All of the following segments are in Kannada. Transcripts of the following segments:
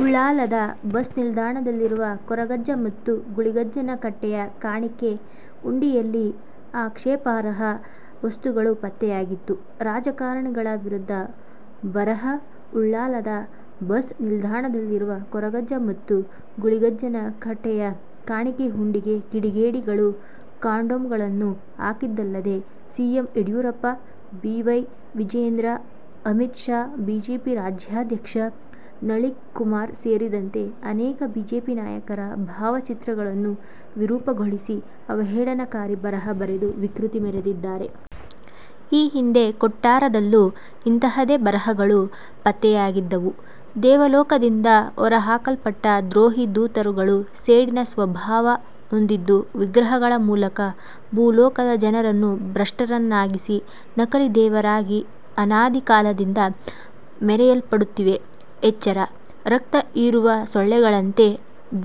ಉಳ್ಳಾಲದ ಬಸ್ ನಿಲ್ದಾಣದಲ್ಲಿರುವ ಕೊರಗಜ್ಜ ಮತ್ತು ಗುಳಿಗಜ್ಜನ ಕಟ್ಟೆಯ ಕಾಣಿಕೆ ಹುಂಡಿಯಲ್ಲಿ ಆಕ್ಷೇಪಾರ್ಹ ವಸ್ತುಗಳು ಪತ್ತೆಯಾಗಿತ್ತು. ರಾಜಕಾರಣಿಗಳ ವಿರುದ್ಧ ಬರಹ: ಉಳ್ಳಾಲದ ಬಸ್ ನಿಲ್ದಾಣದಲ್ಲಿರುವ ಕೊರಗಜ್ಜ ಮತ್ತು ಗುಳಿಗಜ್ಜನ ಕಟ್ಟೆಯ ಕಾಣಿಕೆ ಹುಂಡಿಗೆ ಕಿಡಿಗೇಡಿಗಳು ಕಾಂಡೋಮ್ ಗಳನ್ನು ಹಾಕಿದ್ದಲ್ಲದೆ, CM Yediyurappa, B. Y. Vijayendra, Amit Shah, BJP ರಾಜ್ಯಾಧ್ಯಕ್ಷ ನಳಿಕ್ ಕುಮಾರ್ ಸೇರಿದಂತೆ ಅನೇಕ ಬಿಜೆಪಿ ನಾಯಕರ ಭಾವ ಚಿತ್ರಗಳನ್ನು ವಿರೂಪಗೊಳಿಸಿ ಅವಹೇಳನಕಾರಿ ಬರಹ ಬರೆದು ವಿಕೃತಿ ಮೆರೆದಿದ್ದಾರೆ. ಈ ಹಿಂದೆ ಕೊಟ್ಟಾರದಲ್ಲೂ ಇಂತಹದೇ ಬರಹಗಳು ಪತ್ತೆಯಾಗಿದ್ದವು. ದೇವಲೋಕದಿಂದ ಹೊರಹಾಕಲ್ಪಟ್ಟ ದ್ರೋಹಿ ದೂತರುಗಳು ಸೇಡಿನ ಸ್ವಭಾವ ಹೊಂದಿದ್ದು ವಿಗ್ರಹಗಳ ಮೂಲಕ ಭೂಲೋಕದ ಜನರನ್ನು ಭ್ರಷ್ಟರನ್ನಾಗಿಸಿ ನಕಲಿ ದೇವರಾಗಿ ಅನಾದಿ ಕಾಲದಿಂದ ಮೆರೆಯಲ್ಪಡುತ್ತಿವೆ, ಎಚ್ಚರ. ರಕ್ತ ಹೀರುವ ಸೊಳ್ಳೆಗಳಂತೆ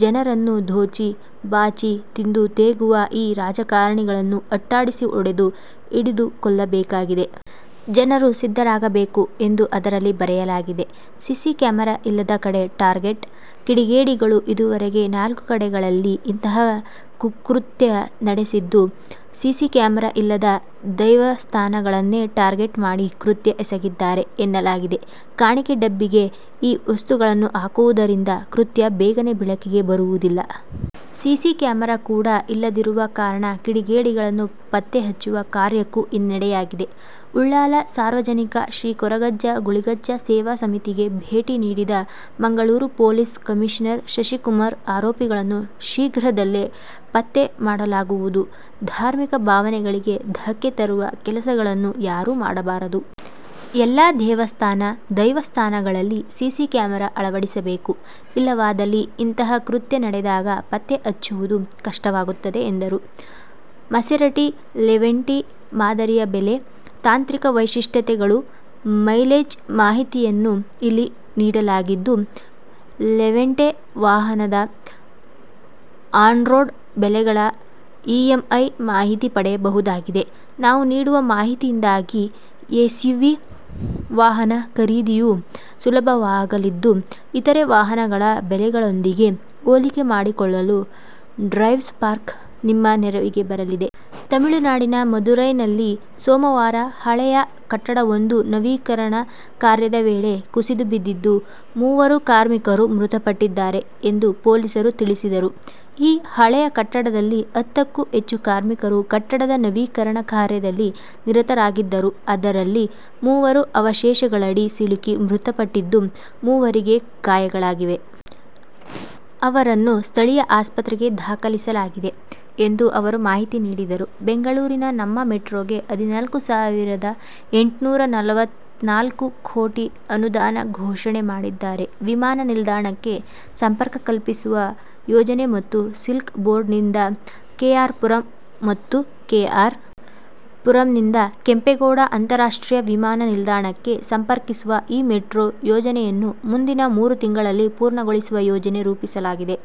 ಜನರನ್ನು ದೋಚಿ, ಬಾಚಿ ತಿಂದು ತೇಗುವ ಈ ರಾಜಕಾರಣಿಗಳನ್ನು ಅಟ್ಟಾಡಿಸಿ ಹೊಡೆದು, ಹಿಡಿದು ಕೊಲ್ಲಬೇಕಾಗಿದೆ. ಜನರು ಸಿದ್ಧರಾಗಬೇಕು ಎಂದು ಅದರಲ್ಲಿ ಬರೆಯಲಾಗಿದೆ. ಸಿಸಿ ಕ್ಯಾಮರಾ ಇಲ್ಲದ ಕಡೆ ಟಾರ್ಗೆಟ್: ಕಿಡಿಗೇಡಿಗಳು ಇದುವರೆಗೆ ನಾಲ್ಕು ಕಡೆಗಳಲ್ಲಿ ಇಂತಹ ಕುಕೃತ್ಯ ನಡೆಸಿದ್ದು, ಸಿಸಿ ಕ್ಯಾಮರಾ ಇಲ್ಲದ ದೈವಸ್ಥಾನಗಳನ್ನೇ ಟಾರ್ಗೆಟ್ ಮಾಡಿ ಕೃತ್ಯ ಎಸಗಿದ್ದಾರೆ ಎನ್ನಲಾಗಿದೆ. ಕಾಣಿಕೆ ಡಬ್ಬಿಗೆ ಈ ವಸ್ತುಗಳನ್ನು ಹಾಕುವುದರಿಂದ ಕೃತ್ಯ ಬೇಗನೇ ಬೆಳಕಿಗೆ ಬರುವುದಿಲ್ಲ. ಸಿಸಿ ಕ್ಯಾಮರಾ ಕೂಡಾ ಇಲ್ಲದಿರುವ ಕಾರಣ ಕಿಡಿಗೇಡಿಗಳನ್ನು ಪತ್ತೆ ಹಚ್ಚುವ ಕಾರ್ಯಕ್ಕೂ ಹಿನ್ನಡೆಯಾಗಿದೆ. ಉಳ್ಳಾಲ ಸಾರ್ವಜನಿಕ ಶ್ರೀ ಕೊರಗಜ್ಜ, ಗುಳಿಗಜ್ಜ ಸೇವಾ ಸಮಿತಿಗೆ ಭೇಟಿ ನೀಡಿದ ಮಂಗಳೂರು ಪೊಲೀಸ್ ಕಮಿಷನರ್ ಶಶಿಕುಮಾರ್, ಆರೋಪಿಗಳನ್ನು ಶೀಘ್ರದಲ್ಲಿ ಪತ್ತೆ ಮಾಡಲಾಗುವುದು. ಧಾರ್ಮಿಕ ಭಾವನೆಗಳಿಗೆ ಧಕ್ಕೆ ತರುವ ಕೆಲಸಗಳನ್ನು ಯಾರೂ ಮಾಡಬಾರದು. ಎಲ್ಲಾ ದೇವಸ್ಥಾನ/ ದೈವಸ್ಥಾನಗಳಲ್ಲಿ ಸಿಸಿ ಕ್ಯಾಮರಾ ಅಳವಡಿಸಬೇಕು ಇಲ್ಲವಾದಲ್ಲಿ ಇಂತಹ ಕೃತ್ಯ ನಡೆದಾಗ ಪತ್ತೆ ಹಚ್ಚುವುದು ಕಷ್ಟವಾಗುತ್ತದೆ ಎಂದರು. ಮಸೆರಟಿ ಲೆವೆಂಟೆ ಮಾದರಿಯ ಬೆಲೆ, ತಾಂತ್ರಿಕ ವೈಶಿಷ್ಟ್ಯತೆಗಳು, ಮೈಲೇಜ್ ಮಾಹಿತಿಯನ್ನು ಇಲ್ಲಿ ನೀಡಲಾಗಿದ್ದು, ಲೆವೆಂಟೆ ವಾಹನದ ಆನ್ರೋಡ್ ಬೆಲೆಗಳ ಇಎಂಐ ಮಾಹಿತಿ ಪಡೆಯಬಹುದಾಗಿದೆ. ನಾವು ನೀಡುವ ಮಾಹಿತಿಯಿಂದಾಗಿ ಎಸ್ಯುವಿ ವಾಹನ ಖರೀದಿಯು ಸುಲಭವಾಗಲಿದ್ದು, ಇತರೆ ವಾಹನಗಳ ಬೆಲೆಗಳೊಂದಿಗೆ ಹೋಲಿಕೆ ಮಾಡಿಕೊಳ್ಳಲು ಡ್ರೈವ್ಸ್ ಪಾರ್ಕ್ ನಿಮ್ಮ ನೆರವಿಗೆ ಬರಲಿದೆ. ತಮಿಳುನಾಡಿನ ಮಧುರೈನಲ್ಲಿ ಸೋಮವಾರ ಹಳೆಯ ಕಟ್ಟಡವೊಂದು ನವೀಕರಣ ಕಾರ್ಯದ ವೇಳೆ ಕುಸಿದು ಬಿದ್ದಿದ್ದು, ಮೂವರು ಕಾರ್ಮಿಕರು ಮೃತಪಟ್ಟಿದ್ದಾರೆ ಎಂದು ಪೊಲೀಸರು ತಿಳಿಸಿದರು. ಈ ಹಳೆಯ ಕಟ್ಟಡದಲ್ಲಿ ಹತ್ತಕ್ಕೂ ಹೆಚ್ಚು ಕಾರ್ಮಿಕರು ಕಟ್ಟಡದ ನವೀಕರಣ ಕಾರ್ಯದಲ್ಲಿ ನಿರತರಾಗಿದ್ದರು. ಅದರಲ್ಲಿ ಮೂವರು ಅವಶೇಷಗಳಡಿ ಸಿಲುಕಿ ಮೃತಪಟ್ಟಿದ್ದು, ಮೂವರಿಗೆ ಗಾಯಗಳಾಗಿವೆ. ಅವರನ್ನು ಸ್ಥಳೀಯ ಆಸ್ಪತ್ರೆಗೆ ದಾಖಲಿಸಲಾಗಿದೆ' ಎಂದು ಅವರು ಮಾಹಿತಿ ನೀಡಿದರು. ಬೆಂಗಳೂರಿನ 'ನಮ್ಮ ಮೆಟ್ರೋ'ಗೆ ಹದಿನಾಲ್ಕು ಸಾವಿರದ ಎಂಟ್ನೂರ ನಲವತ್ನಾಲ್ಕು ಕೋಟಿ ಅನುದಾನ ಘೋಷಣೆ ಮಾಡಿದ್ದಾರೆ. ವಿಮಾನ ನಿಲ್ದಾಣಕ್ಕೆ ಸಂಪರ್ಕ ಕಲ್ಪಿಸುವ ಯೋಜನೆ ಮತ್ತು ಸಿಲ್ಕ್ ಬೋರ್ಡ್ನಿಂದ ಕೆ. ಆರ್. ಪುರಂ ಮತ್ತು ಕೆ. ಆರ್. ಪುರಂನಿಂದ ಕೆಂಪೇಗೌಡ ಅಂತಾರಾಷ್ಟ್ರೀಯ ವಿಮಾನ ನಿಲ್ದಾಣಕ್ಕೆ ಸಂಪರ್ಕಿಸುವ ಈ ಮೆಟ್ರೋ ಯೋಜನೆಯನ್ನು ಮುಂದಿನ ಮೂರು ತಿಂಗಳಲ್ಲಿ ಪೂರ್ಣಗೊಳಿಸುವ ಯೋಜನೆ ರೂಪಿಸಲಾಗಿದೆ.